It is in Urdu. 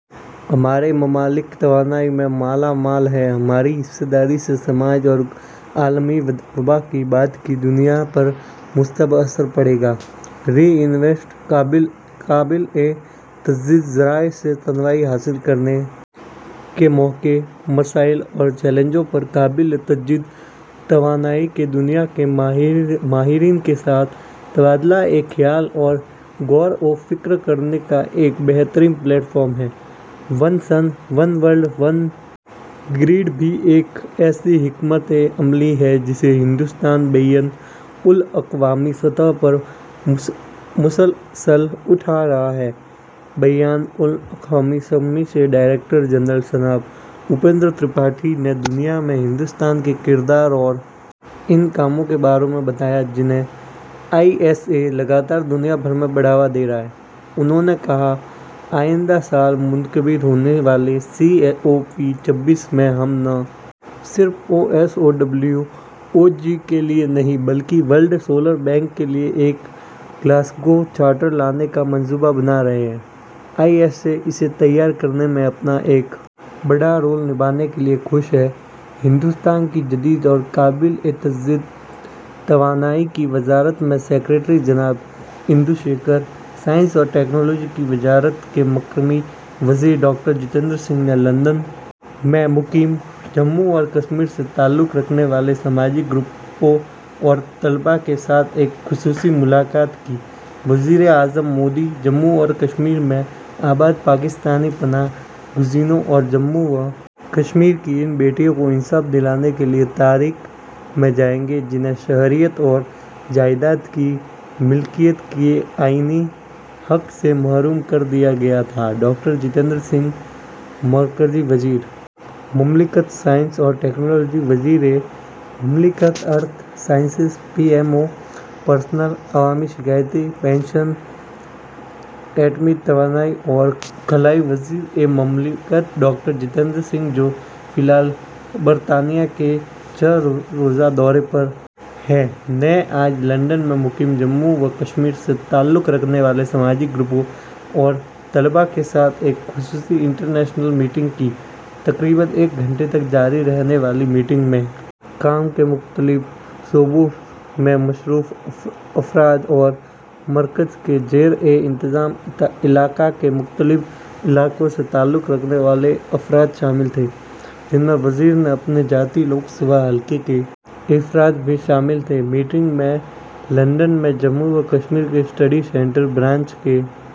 ہمارے ممالک توانائی میں مالا مال ہیں ہماری حصہ داری سے سماج اور عالمی وبا کی بعد کی دنیا پر مثبت اثر پڑے گا ری انویسٹ قابل تجدید ذرائع سے توانائی حاصل کرنے کے مواقع مسائل اور چیلنجوں پر قابل تجدید توانائی کے دنیا کے ماہرین کے ساتھ تبادلہ خیال اور غور و خوض کرنے کا ایک بہترین پلیٹ فارم ہے one sun one world one grid بھی ایک ایسی حکمت عملی ہے جسے ہندوستان بین الاقوامی سطح پر مسلسل اٹھا رہا ہے بین الاقوامی شمسی کے ڈائریکٹر جنرل جناب اپیندر ترپاٹھی نے دنیا میں ہندوستان کے کردار اور ان کاموں کے بارے میں بتایا جنہیں آئی ایس اے لگاتار دنیا بھر میں بڑھاوا دے رہا ہے انہوں نے کہا آئندہ سال منعقد ہونے والے سی او پی چھبیس میں ہم نہ صرف O S O W O G کے لیے بلکہ ورلڈ سولر بینک کے لیے ایک گلاسگو چارٹر لانے کا منصوبہ بنا رہے ہیں آئی ایس اے اسے تیار کرنے میں اپنا ایک بڑا رول نبھانے کے لیے خوش ہے ہندوستان کی جدید اور قابل تجدید توانائی کی وزارت میں سکریٹری جناب اندو شیکھر سائنس اور ٹیکنالوجی کی وزارت مرکزی وزیر ڈاکٹر جتیندر سنگھ نے لندن میں مقیم جموں و کشمیر سے تعلق رکھنے والے سماجی گروپوں اور طلباء کے ساتھ ایک خصوصی ملاقات کی وزیر اعظم مودی جموں و کشمیر میں آباد پاکستانی پناہ گزینوں اور جموں و کشمیر کی ان بیٹیوں کو انصاف دلانے کے لیے تاریخ میں جائیں گے جنہیں شہریت اور جائیداد کی ملکیت کے آئینی حق سے محروم کر دیا گیا تھا ڈاکٹر جتیندر سنگھ مرکزی وزیر مملکت سائنس اور ٹیکنالوجی وزیر مملکت earth sciences P M O personnel عوامی شکایات پنشن ایٹمی توانائی اور خلائی وزیر مملکت ڈاکٹر جتیندر سنگھ جو فی الحال برطانیہ کے چھ روزہ دورے پر ہیں نے آج لندن میں مقیم جموں و کشمیر سے تعلق رکھنے والے سماجی گروپوں اور طلباء کے ساتھ ایک خصوصی تعاملاتی میٹنگ کی تقریباً ایک گھنٹے تک جاری رہنے والی میٹنگ میں کام کے مختلف شعبوں میں مصروف افراد اور مرکز کے زیر انتظام علاقہ کے مختلف علاقوں سے تعلق رکھنے والے افراد شامل تھے جن میں وزیر کے اپنے ذاتی لوک سبھا حلقہ کے افراد بھی شامل تھے میٹنگ میں لندن میں جموں و کشمیر کے اسٹڈی سینٹر برانچ کے